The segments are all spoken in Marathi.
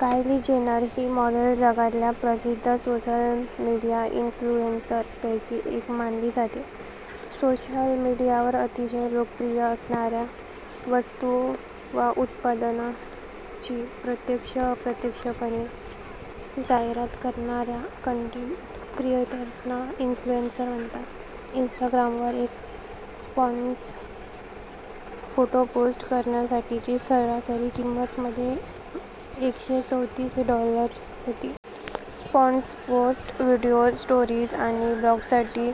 कायली जेनर ही मॉडेल जगातल्या प्रसिद्ध सोशल मीडिया एन्फ्लुएन्सर पैकी एक मानली जाते. सोशल मीडियावर अतिशय लोकप्रिय असणाऱ्या, वस्तू वा उत्पादनांची प्रत्यक्ष-अप्रत्यक्षपणे जाहिरात करणाऱ्यांना कन्टेन्ट क्रिएटर्सना 'इन्फ्लुएन्सर' म्हणतात. इन्स्टाग्रामवर एक 'स्पॉन्सर्ड' फोटो पोस्ट करण्यासाठीची सरासरी किंमत मध्ये एकशे चौतीस डॉलर्स होती. स्पॉन्सर्ड पोस्ट्स, व्हिडिओज, स्टोरीज आणि ब्लॉग्ससाठी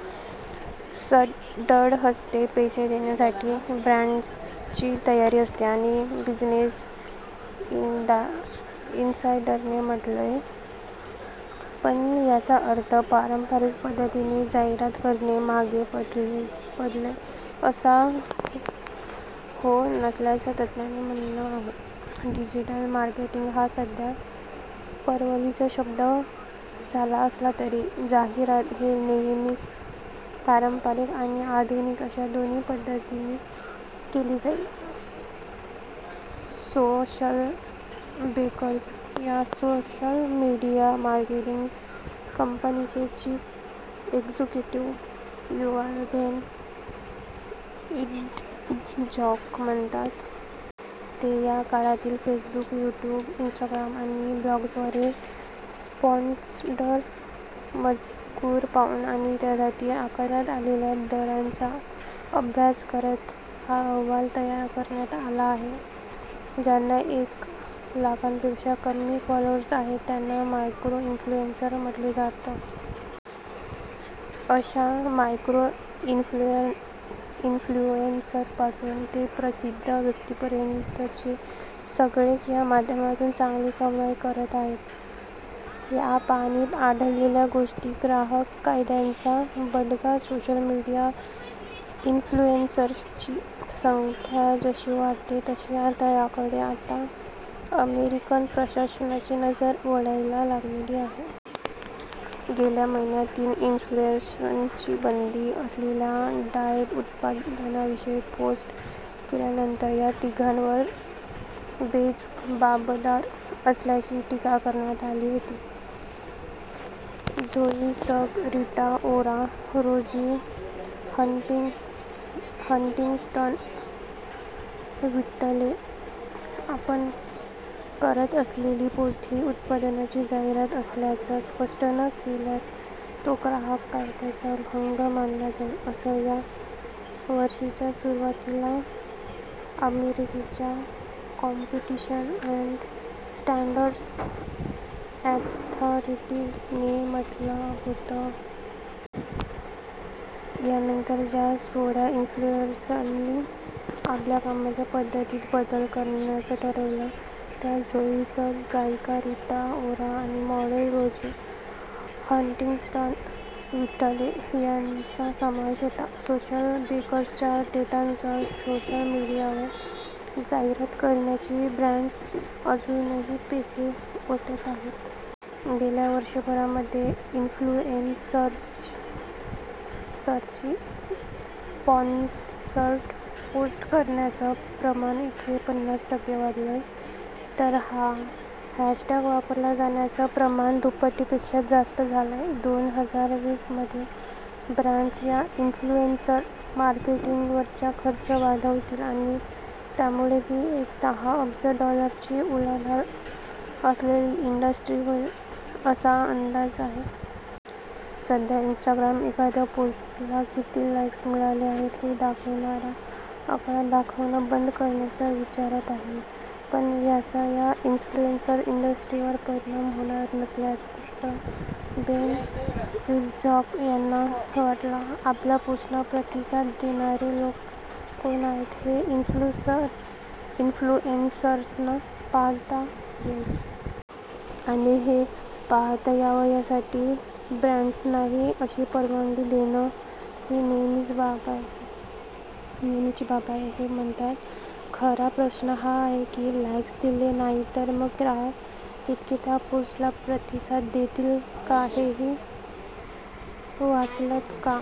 सढळहस्ते पैसे देण्याची ब्रॅण्ड्सची तयारी असते असं बिझनेस इनसायडरने म्हटलंय. पण याचा अर्थ पारंपरिक पद्धतीने जाहिरात करणं मागे पडलंय असा हो नसल्याचं तज्ज्ञांचं म्हणणं आहे. डिजिटल मार्केटिंग हा सध्या परवलीचा शब्द झाला असला तरी जाहिरात हे नेहमीच पारंपरिक आणि आधुनिक अशा दोन्ही पद्धतींनी केली जाईल सोशलबेकर्स या सोशल मीडिया मार्केटिंग कंपनीचे chief executive Yuval Ben Itzhak म्हणतात. ते या काळातील फेसबुक, युट्यूब, इन्स्टाग्राम आणि ब्लॉग्सवरील स्पॉन्सर्ड मजकूर पाहून आणि त्यासाठी आकारण्यात आलेल्या दरांचा अभ्यास करत हा अहवाल तयार करण्यात आला आहे. ज्यांना एक लाखांपेक्षा कमी फॉलोअर्स आहेत, त्यांना 'मायक्रो इन्फ्लुएन्सर' म्हटलं जातं. अशा मायक्रो इन्फ्लुएन्सर्सपासून ते प्रसिद्ध व्यक्तींपर्यंतचे सगळेच या माध्यमातून चांगली कमाई करत आहेत. या पाहणीत आढळलेल्या गोष्टी ग्राहक कायद्याचा बडगा सोशल मीडिया इन्फ्लुएन्सर्सची संख्या जशी वाढतेय तशी आता याकडे आता अमेरिकन प्रशासनाची नजर वळायला लागलेली आहे. गेल्या महिन्यात तीन इन्फ्लुएन्सर्सनी बंदी असलेल्या डाएट उत्पादनांविषयी पोस्ट केल्यानंतर या तिघांवर बेजबाबदार असल्याची टीका करण्यात आली होती. झोई सग, रिटा ओरा, रोझी हंटिंग्टन-व्हिटले आपण करत असलेली पोस्ट ही उत्पादनांची जाहिरात असल्याचं स्पष्ट न केल्यास तो ग्राहक कायद्याचा भंग मानला जाईल असं या वर्षाच्या सुरुवातीला अमेरिकेच्या 'कॉम्पिटिशन अॅण्ड स्टॅण्डर्डस अथॉरिटी'ने म्हटलं होतं. यानंतर ज्या सोळा इन्फ्लुएन्सर्सनी आपल्या कामाच्या पद्धतीत बदल करण्याचं ठरवलं त्यात झोई सग, गायिका रिटा ओरा आणि मॉडेल रोझी हंटिंग्टन-व्हिटले यांचा समावेश होता. सोशलबेकर्सच्या डेटानुसार सोशल मीडियावर जाहिरात करण्यासाठी ब्रॅण्ड्स अजूनही पैसे ओतत आहेत. गेल्या वर्षभरामध्ये इन्फ्लुएनर्ससी स्पॉन्सर्ड पोस्ट करण्याचं प्रमाण एकशे पन्नास टक्के वाढलंय तर हा हॅशटॅग वापरला जाण्याचं प्रमाण दुप्पटीपेक्षा जास्त झालंय. दोन हजार वीस मध्ये ब्रँण्डस या इन्फ्लुएन्सर मार्केटिंगवरचा खर्च वाढवतील आणि त्यामुळे ही एक दहा अब्ज डॉलर्सची उलाढाल असलेली इंडस्ट्री होईल असा अंदाज आहे. सध्या इन्स्टाग्राम एखाद्या पोस्टला किती 'लाईक्स' मिळाले आहेत हे दाखवणारा आकडा दाखवणं बंद करण्याच्या विचारात आहे. पण याचा या इन्फ्लुएन्सर इंडस्ट्रीवर परिणाम होणार नसल्याचं बेन इट्झाक यांना वाटतं. आपल्या पोस्टना प्रतिसाद देणारे लोक कोण आहेत हे इन्फ्लुएन्सर्सना पाहता येईल. आणि हे पाहता यावं यासाठी ब्रॅण्डसनाही अशी परवानगी देणं ही नेहमीची बाब आहे ते म्हणतात. खरा प्रश्न हा आहे की लाईक्स दिसले नाहीत तर मग ग्राहक तितके त्या पोस्टला प्रतिसाद देतील का हेही वाचलंत का?